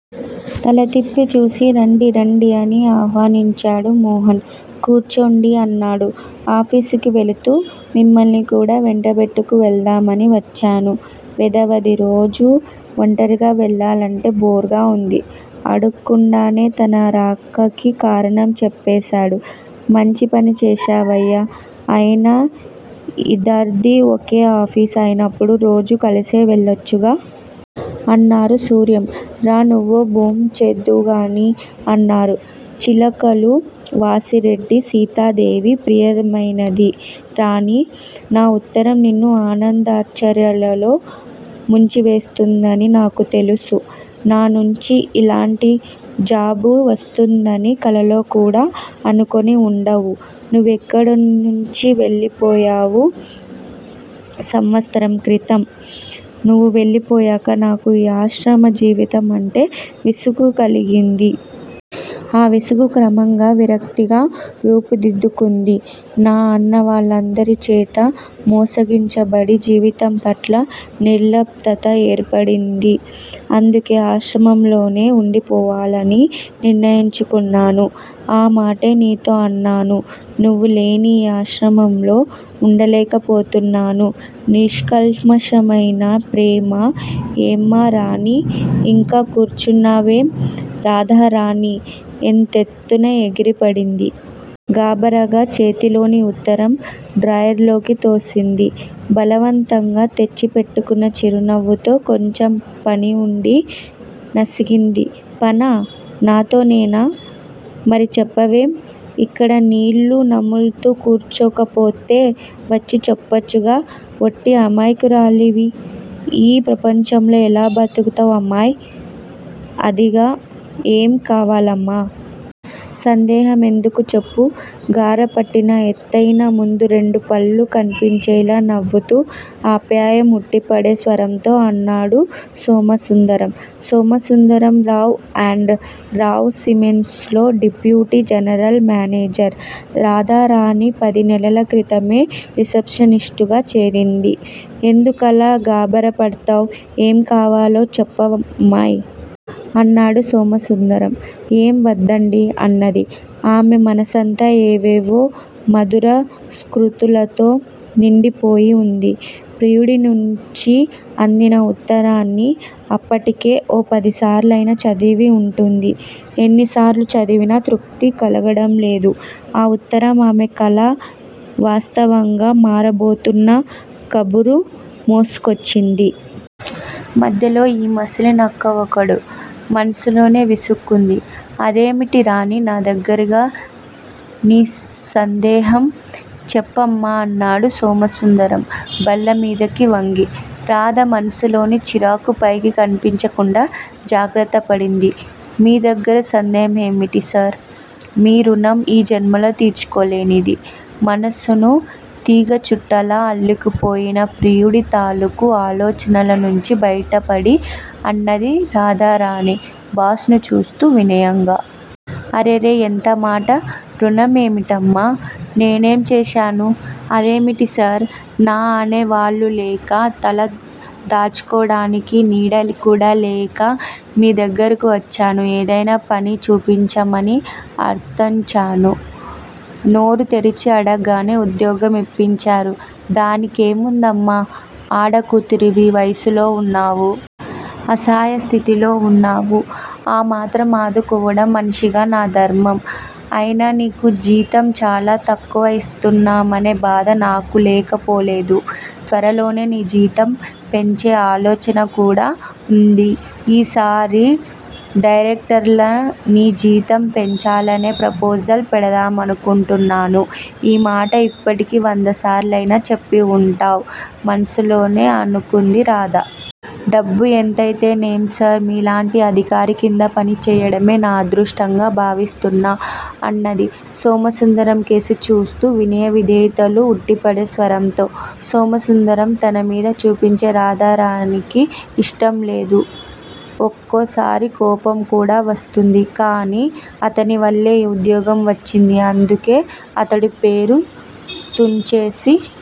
తలతిప్పి చూసి రండి రండి! అని ఆహ్వనించాడు మోహన్. కూర్చోండి అన్నాడు. ఆఫీసుకి వెళ్ళుతూ మిమ్మల్ని కూడా వెంటబెట్టుకు వెళ్దాం అని వచ్చాను వెధవది రోజూ వంటరిగా వెళ్ళాలంటే బోర్ గా వుంది! అడక్కుండానే తన రాకకి కారణం చెప్పేసాడు. మంచి పని చేశావయ్యా అయినా యిద్దరిదీ ఒకే ఆఫీసు అయినప్పుడు రోజూ కలిసే వెళ్ళొచ్చుగా! అన్నారు సూర్యం. రా నువ్వూ భోం చేద్దువుగాని అన్నారు. చిలకలు -వాసిరెడ్డి సీతాదేవి ప్రియమైనది రాణీ! నా ఉత్తరం నిన్ను ఆనందాశ్చార్యాలలో ముంచివేస్తుందని నాకు తెలుసు. నానుంచి ఇలాంటి జాబు వస్తుందని కలలో కూడా అనుకొని ఉండవు. నువ్వు ఎక్కడ్నుంచి వెళ్ళిపోయావు సంవత్సరం క్రితం. నువ్వు వెళ్ళిపోయాక నాకు ఈ ఆశ్రమ జీవితం అంటే విసుగు కలిగింది. ఆ విసుగు క్రమంగా విరక్తిగా రూపుదిద్దుకుంది. నా అన్నవాళ్ళందరి చేతా మోసగించబడి, జీవితం పట్ల నిర్లిప్తత ఏర్పడింది. అందుకే ఆశ్రమంలోనే ఉండిపోవాలని నిర్ణయించుకున్నాను. ఆ మాటే నీతో అన్నాను. నువ్వులేని ఈ ఆశ్రమంలో ఉండలేకపోతున్నాను. నిష్కల్మషమైన ప్రేమ ఏమ్మారాణీ! ఇంకా కూర్చున్నావేం? రాధారాణి ఇంతెత్తున ఎగిరిపడింది. గాభరాగా చేతిలోని ఉత్తరం డ్రాయర్ లోకి తోసింది. బలవంతంగా తెచ్చిపెట్టుకొన్న చిరునవ్వుతో కొంచెం పని ఉండీ? నసిగింది. పనా? నాతోనేనా? మరి చప్పవేం? ఇక్కడ నీళ్ళు నములుతూ కూర్చోకపోతే వచ్చి చెప్పొచ్చుగా? ఒట్టి అమాయకురాలివి. ఈ ప్రపంచంలో ఎలా బతుకుతావ్ అమ్మాయ్? అదికా ఏం కావాలమ్మా! సందేహం ఎందుకు? చెప్పు? గారపట్టిన ఎత్తయిన ముందు రెండు పళ్ళూ కన్పించేలా నవ్వుతూ, ఆప్యాయం ఉట్టిపడే స్వరంతో అన్నాడు సోమసుందరం. సోమసుందరం రావ్ అండ్ రావ్ సిమెంట్సు లో డిప్యూటీ జనరల్ మేనేజర్. రాధారాణి పదినెలల క్రితమే రిసెప్షనిస్టుగా చేరింది. ఎందుకలా గాభరా పడ్తావ్? ఏం కావాలో చెప్పమ్మాయ్? అన్నాడు సోమసుందరం. ఏం వద్దండీ! అన్నది. ఆమె మనసంతా ఏవేవో మధుర స్క్రుతులతో నిండిపోయి ఉంది. ప్రియుడి నుంచి అందిన ఉత్తరాన్ని అప్పటికే ఓ పదిసార్లయినా చదివి ఉంటుంది. ఎన్నిసార్లు చదివినా తృప్తి కలుగడంలేదు. ఆ ఉత్తరం ఆమె కల వాస్తవంగా మారబోతున్న కబురు మోసుకొచ్చింది. మధ్యలో ఈ ముసలినక్క ఒకడు మనసులోనే విసుక్కుంది. అదేమిటి రాణీ! నాదగ్గరిగా నీసందేహం? చెప్పమ్మా అన్నాడు సోమసుందరం బల్లమీదకు వంగి. రాధ మనసులోని చిరాకు పైకి కన్పించకుండా జాగ్రత్తపడింది. మీ దగ్గర సందేహం ఏమిటి సార్! మీ రుణం ఈ జన్మలో తీర్చుకోలేనిది. మనసును తీగ చుట్టలా అల్లుకుపోయిన ప్రియుడి తాలుకు ఆలోచనల నుంచి బయటపడి అన్నది రాధారాణి బాస్ ను చూస్తూ వినయంగా. అరెరె! ఎంతమాట! రుణం ఏమిటమ్మా! నేనేంచేశాను.? అదేమిటి సార్! నా అనే వాళ్ళు లేక, తల దాచుకోవడానికి నీడ కూడా లేక మీ దగ్గరకు వచ్చాను. ఏదైనా పని చూపించమని ఆర్థంచాను నోరు తెరిచి అడగ్గానే ఉద్యోగం ఇప్పించారు. దాని కేముందమ్మా! ఆడ కూతురివి, వయసులో ఉన్నావు. అసాయస్థితిలో వున్నావు. ఆ మాత్రం అదుకోవడం మనిషిగా నా ధర్మం. అయినా నీకు జీతం చాలా తక్కువ ఇస్తున్నామనే బాధ నాకు లేకపోలేదు. త్వరలోనే నీ జీతం పెంచే ఆలోచన కూడా ఉంది. ఈ సారి డైరక్టర్ల నీ జీతం పెంచాలనే ప్రపోజల్ పెడదామనుకొంటున్నాను ఈ మాట ఇప్పటికి వందసార్లయినా చెప్పి ఉంటావ్ మనసులోనే అనుకుంది రాధ. డబ్బు ఎంతైతేనేం సార్? మీలాంటి అధికారి కింద పని చెయ్యడమే నా అదృష్టంగా భావిస్తున్నా అన్నది సోమసుందరం కేసి చూస్తూ వినయ విధేయతలు ఉట్టిపడే స్వరంతో. సోమసుందరం తనమీద చూపించే రాధారాణికి ఇష్టం లేదు. ఒక్కోసారి కోపం కూడా వస్తుంది. కాని అతని వల్లే ఈ ఉదోగ్యం వచ్చింది. అందుకే అతడి పేరు తుంచేసి